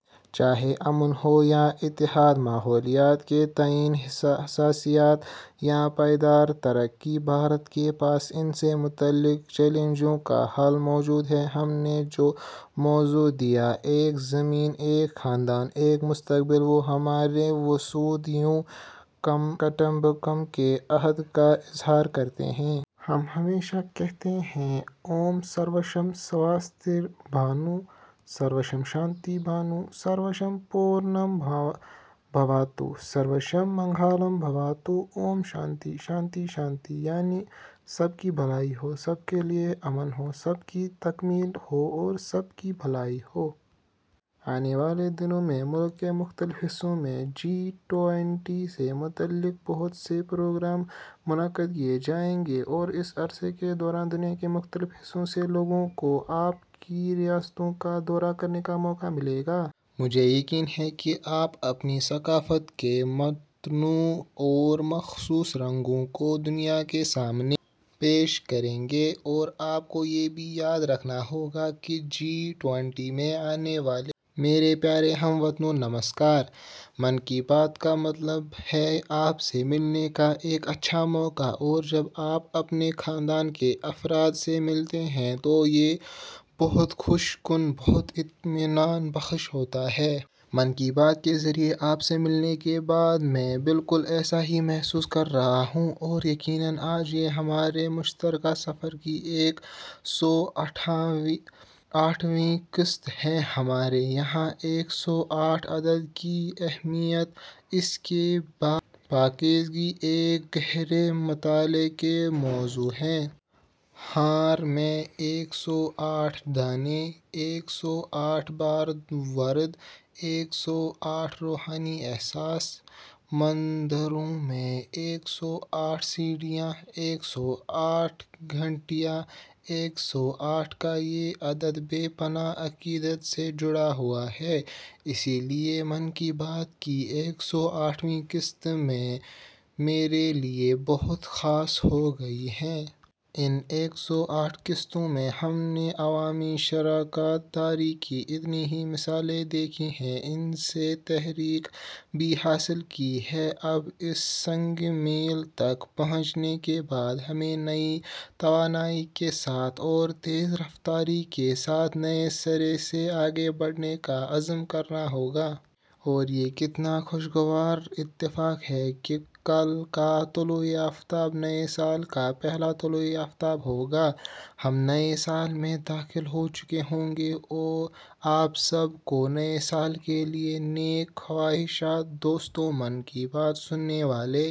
چاہے امن ہو یا اتحاد، ماحولیات کے تئیں حساسیت، یا پائیدار ترقی، بھارت کے پاس ان سے متعلق چیلنجوں کا حل موجود ہے۔ ہم نے جو موضوع دیا ہے، "ایک زمین، ایک خاندان، ایک مستقبل"، وہ ہمارے وسودھیو کٹمبکم کے عہد کا اظہار کرتا ہے۔ ہم ہمیشہ کہتے ہیں: اوم سرویشم سواستیربھواتو، سرویشم شانتی بھواتو، سرویشم پورنم بھواتو، سرویشم منگلم بھواتو، اوم شانتی: شانتی: شانتی: یعنی سب کی بھلائی ہو، سب کے لیے امن ہو، سب کی تکمیل ہو اور سب کی بھلائی ہو۔ آنے والے دنوں میں ملک کے مختلف حصوں میں جی ٹوئنٹی سے متعلق بہت سے پروگرام منعقد کیے جائیں گے۔ اس عرصے کے دوران دنیا کے مختلف حصوں سے لوگوں کو آپ کی ریاستوں کا دورہ کرنے کا موقع ملے گا۔ مجھے یقین ہے کہ آپ اپنی ثقافت کے متنوع اور مخصوص رنگوں کو دنیا کے سامنے پیش کریں گے، اور آپ کو یہ بھی یاد رکھنا ہوگا کہ جی ٹوئنٹی میں آنے والے۔ میرے پیارے ہم وطنو! نمسکار۔ 'من کی بات' کا مطلب ہے آپ سے ملنے کا ایک اچھا موقع، اور جب آپ اپنے خاندان کے افراد سے ملتے ہیں، تو یہ بہت خوش کن، بہت اطمینان بخش ہوتا ہے۔ 'من کی بات' کے ذریعے آپ سے ملنے کے بعد میں بالکل ایسا ہی محسوس کر رہا ہوں۔ اور یقیناً آج یہ ہمارے مشترکہ سفر کی ایک سو آٹھویں قسط ہے۔ ہمارے یہاں ایک سو آٹھ عدد کی اہمیت، اس کی پاکیزگی ایک گہرے مطالعے کا موضوع ہے۔ ہار میں ایک سو آٹھ دانے، ایک سو آٹھ بار ورد، ایک سو آٹھ روحانی احساس، مندروں میں ایک سو آٹھ سیڑھیاں، ایک سو آٹھ گھنٹیاں، ایک سو آٹھ کا یہ عدد بے پناہ عقیدت سے جڑا ہوا ہے، اسی لیے 'من کی بات' کی ایک سو آٹھویں قسط میرے لیے بہت خاص ہو گئی ہے۔ ان ایک سو آٹھ قسطوں میں ہم نے عوامی شراکت داری کی اتنی ہی مثالیں دیکھی ہیں، ان سے تحریک بھی حاصل کی ہے۔ اب اس سنگِ میل تک پہنچنے کے بعد، ہمیں نئی توانائی کے ساتھ اور تیز رفتاری کے ساتھ نئے سرے سے آگے بڑھنے کا عزم کرنا ہوگا۔ اور یہ کتنا خوشگوار اتفاق ہے کہ کل کا طلوعِ آفتاب نئے سال کا پہلا طلوعِ آفتاب ہوگا – ہم نئے سال میں داخل ہو چکے ہوں گے۔ آپ سب کو نئے سال کے لیے نیک خواہشات۔ دوستو، 'من کی بات' سننے والے...